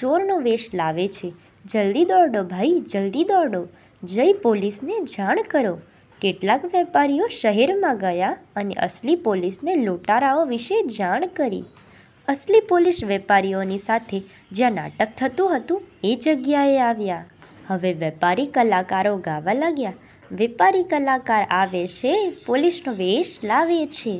ચોરનો વેશ લાવે છે. જલ્દી દોડો ભાઈ જલ્દી દોડો, જઈ પોલીસને જાણ કરો". કેટલાક વેપારીઓ શહેરમાં ગયા અને અસલી પોલીસને લૂંટારાઓ વિષે જાણ કરી. અસલી પોલીસ વેપારીઓની સાથે જયાં નાટક થતું હતું એ જગ્યાએ આવ્યા. હવે વેપારી કલાકારો ગાવા લાગ્યા: "વેપારી કલાકાર આવે છે. પોલીસનો વેશ લાવે છે".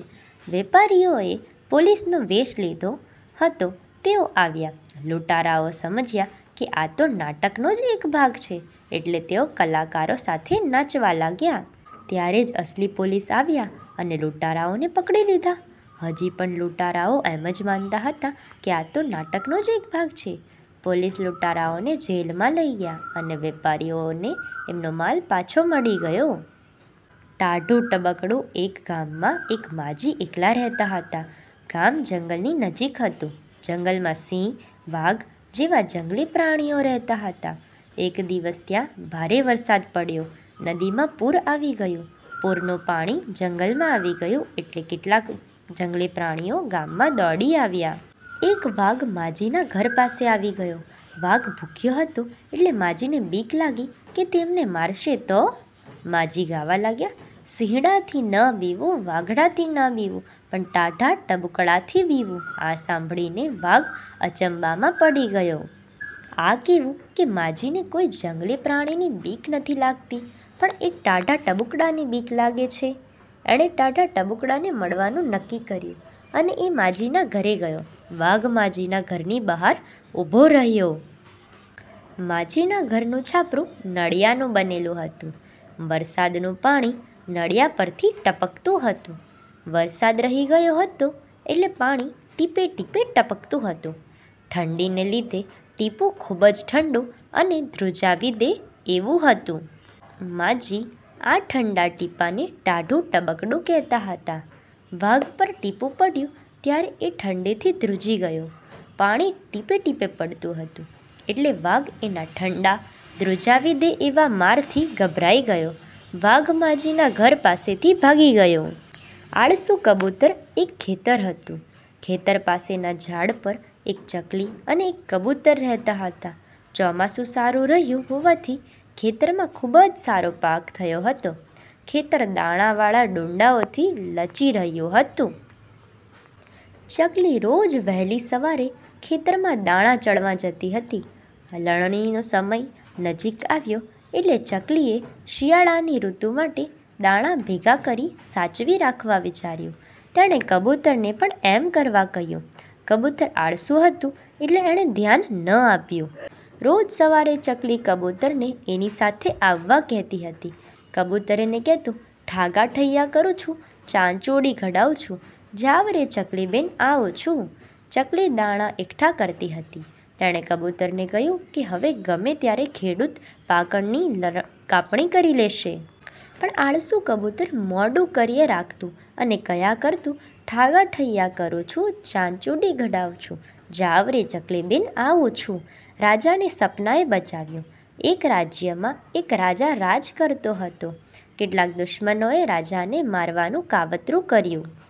વેપારીઓએ પોલીસનો વેશ લીધો હતો તેઓ આવ્યા. લૂંટારાઓ સમજ્યા કે આ તો નાટકનો જ એક ભાગ છે એટલે તેઓ કલાકારો સાથે નાચવા લાગ્યા. ત્યારે જ અસલી પોલીસ આવ્યા અને લૂંટારાઓને પકડી લીધા. હજી પણ લૂંટારાઓ એમ જ માનતા હતા કે આ તો નાટકનો જ એક ભાગ છે! પોલીસ લૂંટારાઓને જેલમાં લઇ ગયા અને વેપારીઓને એમનો માલ પાછો મળી ગયો. ટાઢું ટબુકડું એક ગામમાં એક માજી એકલાં રહેતાં હતાં. ગામ જંગલની નજીક હતું. જંગલમાં સિંહ, વાઘ જેવા જંગલી પ્રાણીઓ રહેતા હતા. એક દિવસ ત્યાં ભારે વરસાદ પડ્યો. નદીમાં પૂર આવી ગયું. પૂરનું પાણી જંગલમાં આવી ગયું એટલે કેટલાક જંગલી પ્રાણીઓ ગામમાં દોડી આવ્યા. એક વાઘ માજીના ઘર પાસે આવી ગયો. વાઘ ભૂખ્યો હતો એટલે માજીને બીક લાગીકે તે એમને મારશે તો? માજી ગાવા લાગ્યાં: સિંહડાથી ન બીવું, વાઘડાથી ન બીવું, પણ ટાઢા ટબુકડાથી બીવું". આ સાંભળીને વાઘ અચંબામાં પડી ગયો. આ કેવું કે માજીને કોઈ જંગલી પ્રાણીની બીક નથી લાગતી પણ એક ટાઢા ટબુકડાની બીક લાગે છે? એણે ટાઢા ટબુકડાને મળવાનું નક્કી કર્યું અને એ માજીના ઘરે ગયો. વાઘ માજીના ઘરની બહાર ઊભો રહ્યો. માજીના ઘરનું છાપરું નળિયાનું બનેલું હતું. વરસાદનું પાણી નળિયા પરથી ટપકતું હતું. વરસાદ રહી ગયો હતો એટલે પાણી ટીપે ટીપે ટપકતું હતું. ઠંડીને લીધે ટીપું ખુબ જ ઠંડુ અને ધ્રુજાવી દે એવું હતું. માજી આ ઠંડા ટીપાંને ટાઢું ટબુકડું કહેતાં હતાં. વાઘ પર ટીપું પડ્યું ત્યારે એ ઠંડીથી ધ્રુજી ગયો. પાણી ટીપે ટીપે પડતું હતું એટલે વાઘ એના ઠંડા, ધ્રુજાવી દે એવા મારથી ગભરાઈ ગયો. વાઘ માજીના ઘર પાસેથી ભાગી ગયો. આળસુ કબૂતર એક ખેતર હતું. ખેતર પાસેના ઝાડ પર એક ચકલી અને એક કબૂતર રહેતાં હતાં. ચોમાસું સારું રહ્યું હોવાથી ખેતરમાં ખુબ જ સારો પાક થયો હતો. ખેતર દાણા વાળા ડૂંડાઓથી લચી રહ્યું હતું. ચકલી રોજ વહેલી સવારે ખેતરમાં દાણા ચણવા જતી હતી. લણણી નો સમય નજીક આવ્યો એટલે ચકલીએ શિયાળાની ઋતુ માટે દાણા ભેગા કરી સાચવી રાખવા વિચાર્યું. તેણે કબૂતરને પણ એમ કરવા કહ્યું. કબૂતર આળસુ હતું એટલે એણે ધ્યાન ન આપ્યું. રોજ સવારે ચકલી કબૂતરને એની સાથે આવવા કહેતી હતી. કબૂતર એને કહેતું: "ઠાગા ઠૈયા કરું છું.. ચાંચુડી ઘડાવું છું... જાવ રે ચકલીબેન આવું છું.. " ચકલી દાણા એકઠા કરતી હતી. તેણે કબૂતરને કહ્યું કે હવે ગમે ત્યારે ખેડૂત પાકની કાપણી કરી લેશે. પણ આળસુ કબૂતર મોડું કર્યે રાખતું અને કહ્યા કરતું: "ઠાગા ઠૈયા કરું છું.. ચાંચુડી ઘડાવું છું... જાવ રે ચકલીબેન આવું છું.. " રાજાને સપનાએ બચાવ્યો!! એક રાજ્યમાં એક રાજા રાજ કરતો હતો. કેટલાક દુશ્મનોએ રાજાને મારવાનું કાવતરું કર્યું.